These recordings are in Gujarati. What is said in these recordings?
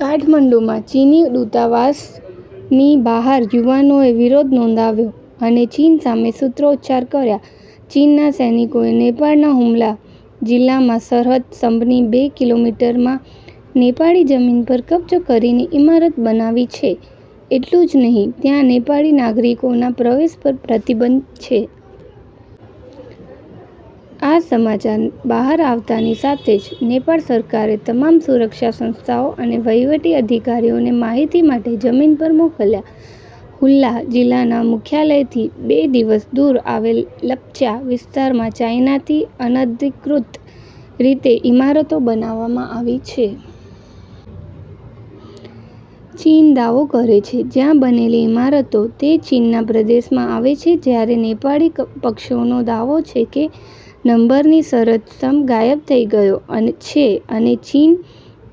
કાઠમંડુમાં ચીની દૂતાવાસની બહાર યુવાનોએ વિરોધ નોંધાવ્યો અને ચીન સામે સૂત્રોચ્ચાર કર્યા. ચીનના સૈનિકોએ નેપાળના હુમલા જિલ્લામાં સરહદ સ્તંભની બે કિ. મી. માં નેપાળી જમીન પર કબજો કરીને ઇમારત બનાવી છે. એટલું જ નહીં, ત્યાં નેપાળી નાગરિકોના પ્રવેશ પર પણ પ્રતિબંધ છે. આ સમાચાર બહાર આવતાની સાથે જ નેપાળ સરકારે તમામ સુરક્ષા સંસ્થાઓ અને વહીવટી અધિકારીઓને માહિતી માટે જમીન પર મોકલ્યા. હુલા જિલ્લાના મુખ્યાલયથી બે દિવસ દૂર આવેલા લપ્ચા વિસ્તારમાં, ચાઇનાથી અનધિકૃત રીતે ઇમારતો બનાવવામાં આવી છે. ચીન દાવો કરે છે કે, જ્યાં બનેલી ઇમારતો તે ચીનના પ્રદેશમાં આવે છે, જ્યારે નેપાળી પક્ષનો દાવો છે કે, નંબરની સરહદ સ્તંભ ગાયબ થઈ ગયો છે અને ચીને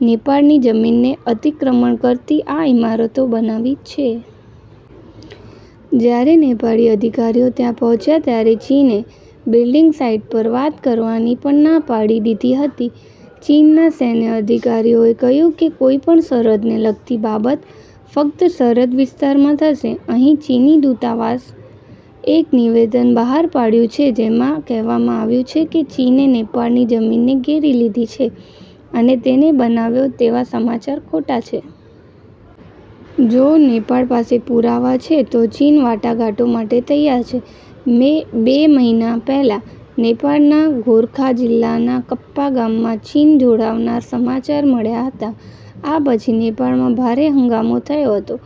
નેપાળની જમીનને અતિક્રમણ કરતી આ ઇમારતો બનાવી છે. જ્યારે નેપાળી અધિકારીઓ ત્યાં પહોંચ્યા ત્યારે ચીને બિલ્ડિંગ સાઇટ પર વાત કરવાની પણ ના પાડી દીધી હતી. ચીનના સૈન્ય અધિકારીઓએ કહ્યું કે, કોઈપણ સરહદને લગતી બાબત ફક્ત સરહદ વિસ્તારમાં થશે. અહીં, ચીની દૂતાવાસે એક નિવેદન બહાર પાડ્યું છે જેમાં કહેવામાં આવ્યું છે કે, ચીને નેપાળની જમીનને ઘેરી લીધી છે અને તેને બનાવ્યો તેવા સમાચાર ખોટા છે. જો નેપાળ પાસે પુરાવા છે, તો ચીન વાટાઘાટો માટે તૈયાર છે. બે મહિના પહેલા, નેપાળના ગોરખા જિલ્લાના કપ્પા ગામમાં ચીન જોડાવાના સમાચાર મળ્યા હતા. આ પછી નેપાળમાં ભારે હંગામો થયો હતો.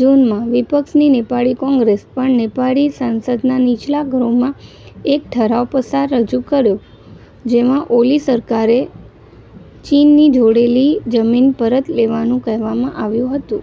જૂનમાં, વિપક્ષની નેપાળી કોંગ્રેસે પણ નેપાળી સંસદના નીચલા ગૃહમાં એક ઠરાવ રજૂ કર્યો, જેમાં ઓલી સરકારને ચીનની જોડેલી જમીન પરત લેવાનું કહેવામાં આવ્યું હતું.